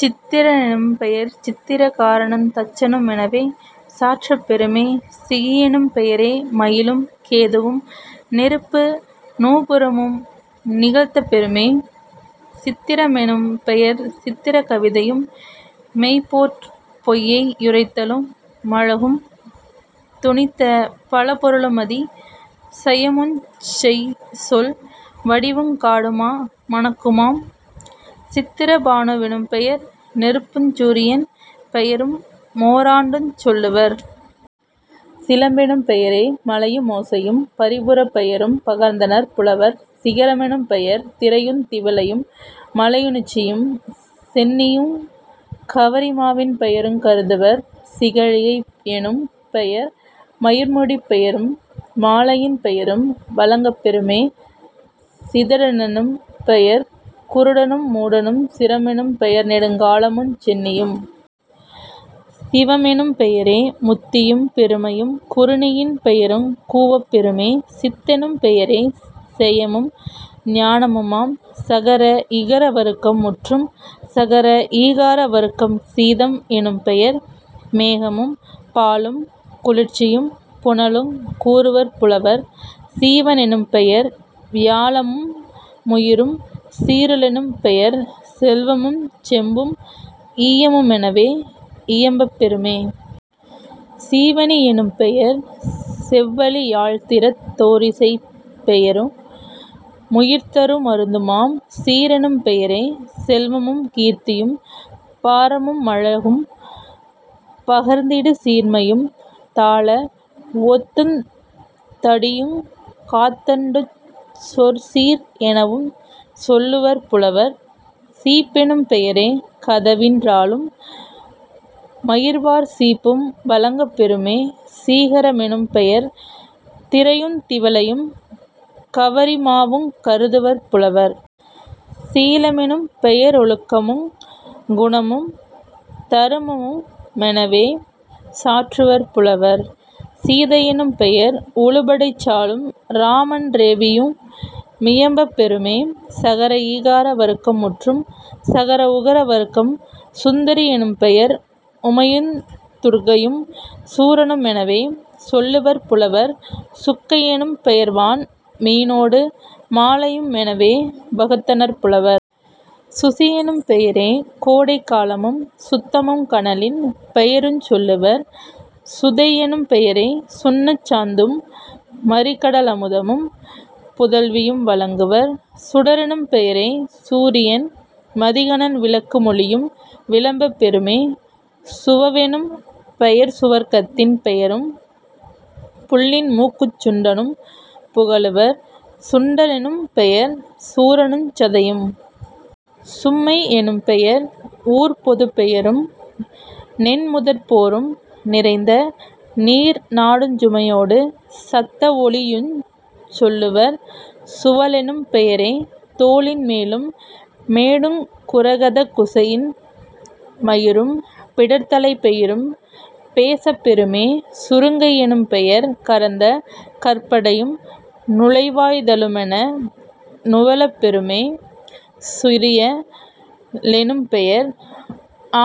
சித்திர னெனும்பெயர் சித்திர காரனுந் தச்சனு மெனவே சாற்றப் பெறுமே..... சிகியெனும் பெயரே மயிலும் கேதுவும் நெருப்பு நூபுரமு நிகழ்த்தப் பெறுமே..... சித்திர மெனும்பெயர் சித்திர கவிதையும் மெய்போற் பொய்யை யுரைத்தலு மழகும் துணித்த பலபொரு ளுமதி சயமுஞ் செய்சொல் வடிவுங் காடுமா மணக்குமாம்..... சித்திர பானு வெனும்பெயர் நெருப்புஞ் சூரியன் பெயரு மோராண்டுஞ் சொல்லுவர்..... சிலம்பெனும் பெயரே மலையு மோசையும் பரிபுரப் பெயரும் பகர்ந்தனர் புலவர்..... சிகர மெனும்பெயர் திரையுந் திவலையு। மலையி னுச்சியும் சென்னியுங் கவரி மாவின் பெயருங் கருதுவர்..... சிகழிகை யெனும்பெயர் மயிர்முடிப் பெயரும் மாலையின் பெயரும் வழங்கப் பெறுமே..... சிதட னெனும்பெயர் குருடனும் மூடனும்..... சிரமெனும் பெயர்நெடுங் காலமுஞ் சென்னியும்..... சிவமெனும் பெயரே முத்தியும் பெருமையும் குறுணியின் பெயருங் கூவப் பெறுமே..... சித்தெனும் பெயரே செயமும் ஞானமுமாம்..... சகர இகர வருக்கம் முற்றும். சகர ஈகார வருக்கம் சீதம் எனும்பெயர் மேகமும் பாலும் குளிர்ச்சியும் புனலுங் கூறுவர் புலவர்..... சீவ னெனும்பெயர் வியாழமு முயிரும்..... சீரு ளெனும்பெயர் செல்வமுஞ் செம்பும் ஈயமு மெனவே இயம்பப் பெறுமே..... சீவனி யெனும்பெயர் செவ்வழி யாழ்த்திறத் தோரிசைப் பெயரு முயிர்தரு மருந்துமாம்..... சீரெனும் பெயரே செல்வமுங் கீர்த்தியும் பாரமு மழகும் பகர்ந்திடு சீர்மையும் தாள வொத்துந் தடியுங் காத்தண்டுஞ் சொற்சீர் எனவுஞ் சொல்லுவர் புலவர்..... சீப்பெனும் பெயரே கதவின் றாழும் மயிர்வார் சீப்பும் வழங்கப் பெறுமே..... சீகர மெனும்பெயர் திரையுந் திவலையும் கவரி மாவுங் கருதுவர் புலவர்..... சீல மெனும்பெய ரொழுக்கமுங் குணமும் தருமமு மெனவே சாற்றுவர் புலவர்..... சீதை யெனும்பெயர் உழுபடைச் சாலும் இராமன் றேவியு மியம்பப் பெறுமே..... சகர ஈகார வருக்கம் முற்றும். சகர உகர வருக்கம் சுந்தரி யெனும்பெயர் உமையுந் துர்க்கையும் சூரனு மெனவே சொல்லுவர் புலவர்..... சுக்கை யெனும்பெ யர்வான் மீனொடு மாலையு மெனவே வகுத்தனர் புலவர்..... சுசியெனும் பெயரே கோடைக் காலமும் சுத்தமுங் கனலின் பெயருஞ் சொல்லுவர்..... சுதையெனும் பெயரே சுண்ணச் சாந்தும் மறிகட லமுதமும் புதல்வியும் வழங்குவர்..... சுடரெனும் பெயரே சூரியன் மதிகனல் விளக்கு மொளியும் விளம்பப் பெறுமே..... சுவவெனும் பெயர்சுவர்க் கத்தின் பெயரும் புள்ளின் மூக்குஞ் சுண்டனும் புகலுவர்..... சுண்ட னெனும்பெயர் சூரனுஞ் சதையமும்..... சும்மை யெனும்பெயர் ஊர்ப்பொதுப் பெயரும் நென்முதற் போரும் நிறைந்த நீர்நாடுஞ் சுமையோடு சத்த வொலியுஞ் சொல்லுவர்..... சுவலெனும் பெயரே தோளின் மேலும் மேடுங் குரகதக் குசையின் மயிரும் பிடர்த்தலைப் பெயரும் பேசப் பெறுமே..... சுருங்கை யெனும்பெயர் கரந்த கற்படையும் நுழைவாய் தலுமென நுவலப் பெறுமே..... சுரிய லெனும்பெயர்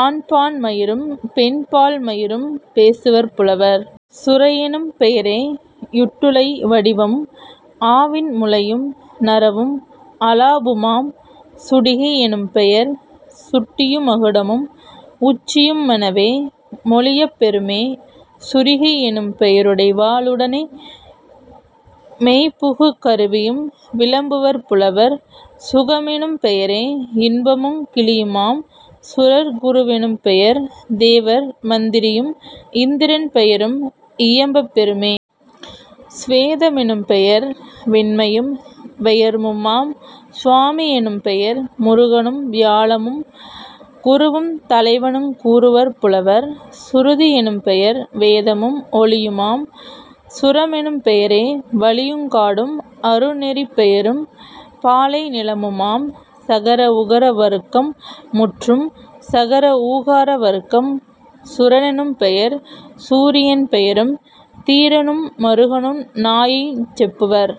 ஆண்பான் மயிரும் பெண்பால் மயிரும் பேசுவர் புலவர்..... சுரையெனும் பெயரே யுட்டுளை வடிவும் ஆவின் முலையும் நறவும் அலாபுமாம்..... சுடிகை யெனும்பெயர் சுட்டியு மகுடமும் உச்சியு மெனவே மொழியப் பெறுமே..... சுரிகை யெனும்பெய ருடைவா ளுடனே மெய்புகு கருவியும் விளம்புவர் புலவர்..... சுகமெனும் பெயரே யின்பமுங் கிளியுமாம்..... சுரர்குரு வெனும்பெயர் தேவர் மந்திரியும் இந்திரன் பெயரும் இயம்பப் பெறுமே..... சுவேத மெனும்பெயர் வெண்மையும் வெயர்வுமாம்..... சுவாமி யெனும்பெயர் முருகனும் வியாழமும் குருவுந் தலைவனுங் கூறுவர் புலவர்..... சுருதி யெனும்பெயர் வேதமும் ஒலியுமாம்..... சுரமெனும் பெயரே வழியுங் காடும் அருநெறிப் பெயரும் பாலை நிலமுமாம்..... சகர உகர வருக்கம் முற்றும். சகர ஊகார வருக்கம் சுர னெனும்பெயர் சூரியன் பெயரும் தீரனு மருகனு நாயையுஞ் செப்புவர்.